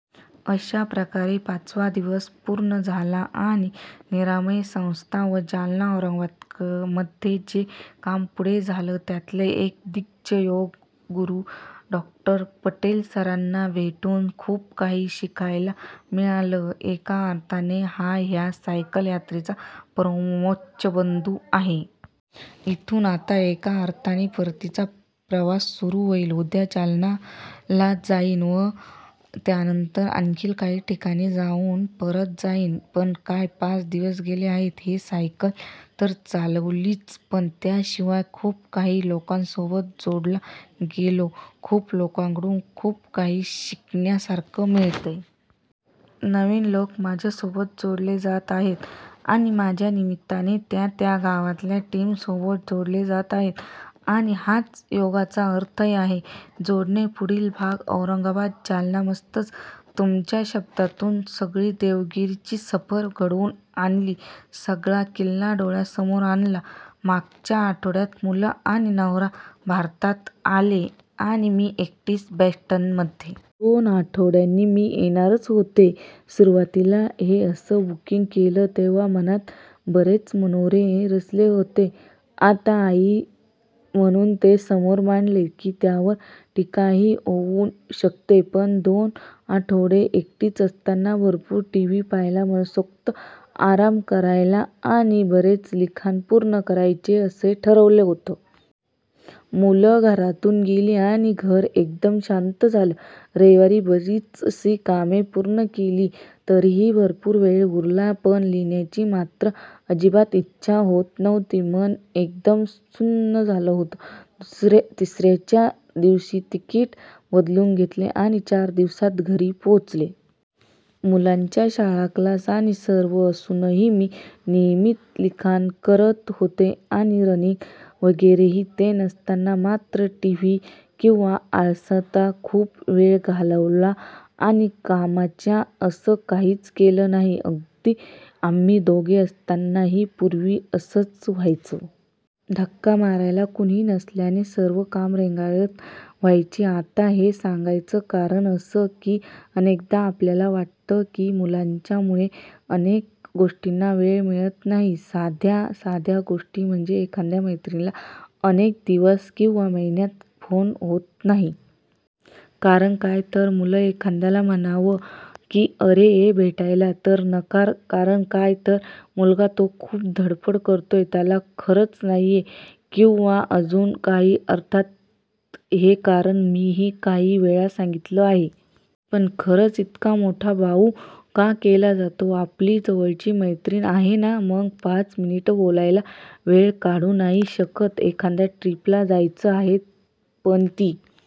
अशा प्रकारे पाचवा दिवस पूर्ण झाला आणि निरामय संस्था व जालना- औरंगाबादमध्ये जे काम पुढे झालं, त्यातले एक दिग्गज योग गुरू डॉ. पटेल सरांना भेटून खूप काही शिकायला मिळालं. एका अर्थाने हा ह्या सायकल यात्रेचा परमोच्च बिंदू आहे. इथून आता एका अर्थाने परतीचा प्रवास सुरू होईल. उद्या जालनाला जाईन व त्यानंतर आणखी काही ठिकाणी जाऊन परत जाईन. पण काय पाच दिवस गेले आहेत हे! सायकल तर चालवलीच, पण त्याशिवाय खूप नवीन लोकांसोबत जोडला गेलो; खूप लोकांकडून खूप काही शिकण्यासारखं मिळतंय. नवीन लोक माझ्यासोबत जोडले जात आहेत आणि माझ्या निमित्ताने त्या त्या गावातल्या टीमसोबत जोडले जात आहेत! आणि हाच योगाचा अर्थही आहे- जोडणे! पुढील भाग: औरंगाबाद- जालनामस्तच! तुमच्या शब्दातून सगळी देविगिरी ची सफर घडवून आणली सगळा किल्ला डोळ्यासमोर आणला मागच्या आठवड्यात मुलं आणि नवरा भारतात आले आणि मी एकटीच बॉस्टनमध्ये. दोन आठवड्यानी मी येणारच होते. सुरुवातीला हे असं बुकींग केलं तेंव्हा मनात बरेच मनोरे रचले होते. आता 'आई' म्हणून ते समोर मांडले की त्यावर टीकाही होऊ शकते पण दोन आठवडे एकटीच असताना भरपूर टीव्ही पाहायचा, मनोसक्त आराम करायचा आणि बरेच लिखाण पूर्ण करायचे असं ठरवलं होतं. मुलं घरातून गेली आणि घर एकदम शांत झालं. रविवारी बरीचशी कामे पूर्ण केली. तरीही भरपूर वेळ उरला. पण लिहिण्याची मात्र अजिबात इच्छा होत नव्हती. मन एकदम सुन्न झालं होतं. तिसऱ्याच दिवशी तिकीट बदलून घेतलं आणि चार दिवसांत घरी पोचले. मुलांच्या शाळा, क्लास आणि सर्व असूनही मी नियमित लिखाण करत होते आणि रनिंग वगैरेही. ते नसताना मात्र टीव्ही किंवा आळसात खूप वेळ घालवला आणि कामाचं असं काहीच केलं नाही. अगदी आम्ही दोघे असतानाही पूर्वी असंच व्हायचं. धक्का मारायला कुणीही नसल्याने सर्व कामं रेंगाळत व्हायची. आता हे सांगायचं कारण असं की अनेकदा आपल्याला वाटतं की मुलांच्या मुळे अनेक गोष्टींना वेळ मिळत नाही. साध्या साध्या गोष्टी म्हणजे, एखाद्या मैत्रिणीला अनेक दिवस किंवा महिन्यांत फोन होत नाही. कारण काय? तर मुलं! एखाद्याला म्हणावं की 'अरे ये भेटायला' तर नकार, कारण काय तर, मुलगा. तो खूप धडपड करतो, त्याला बरंच नाहीये किंवा अजून काही. अर्थात हे कारण मीही काही वेळा सांगितलं आहे. पण खरंच इतका मोठा बाऊ का केला जातो? आपली जवळची मैत्रीण आहे ना? मग पाच मिनिट बोलायला वेळ काढू नाही शकत? एखाद्या ट्रिप ला जायचं आहे. पण ती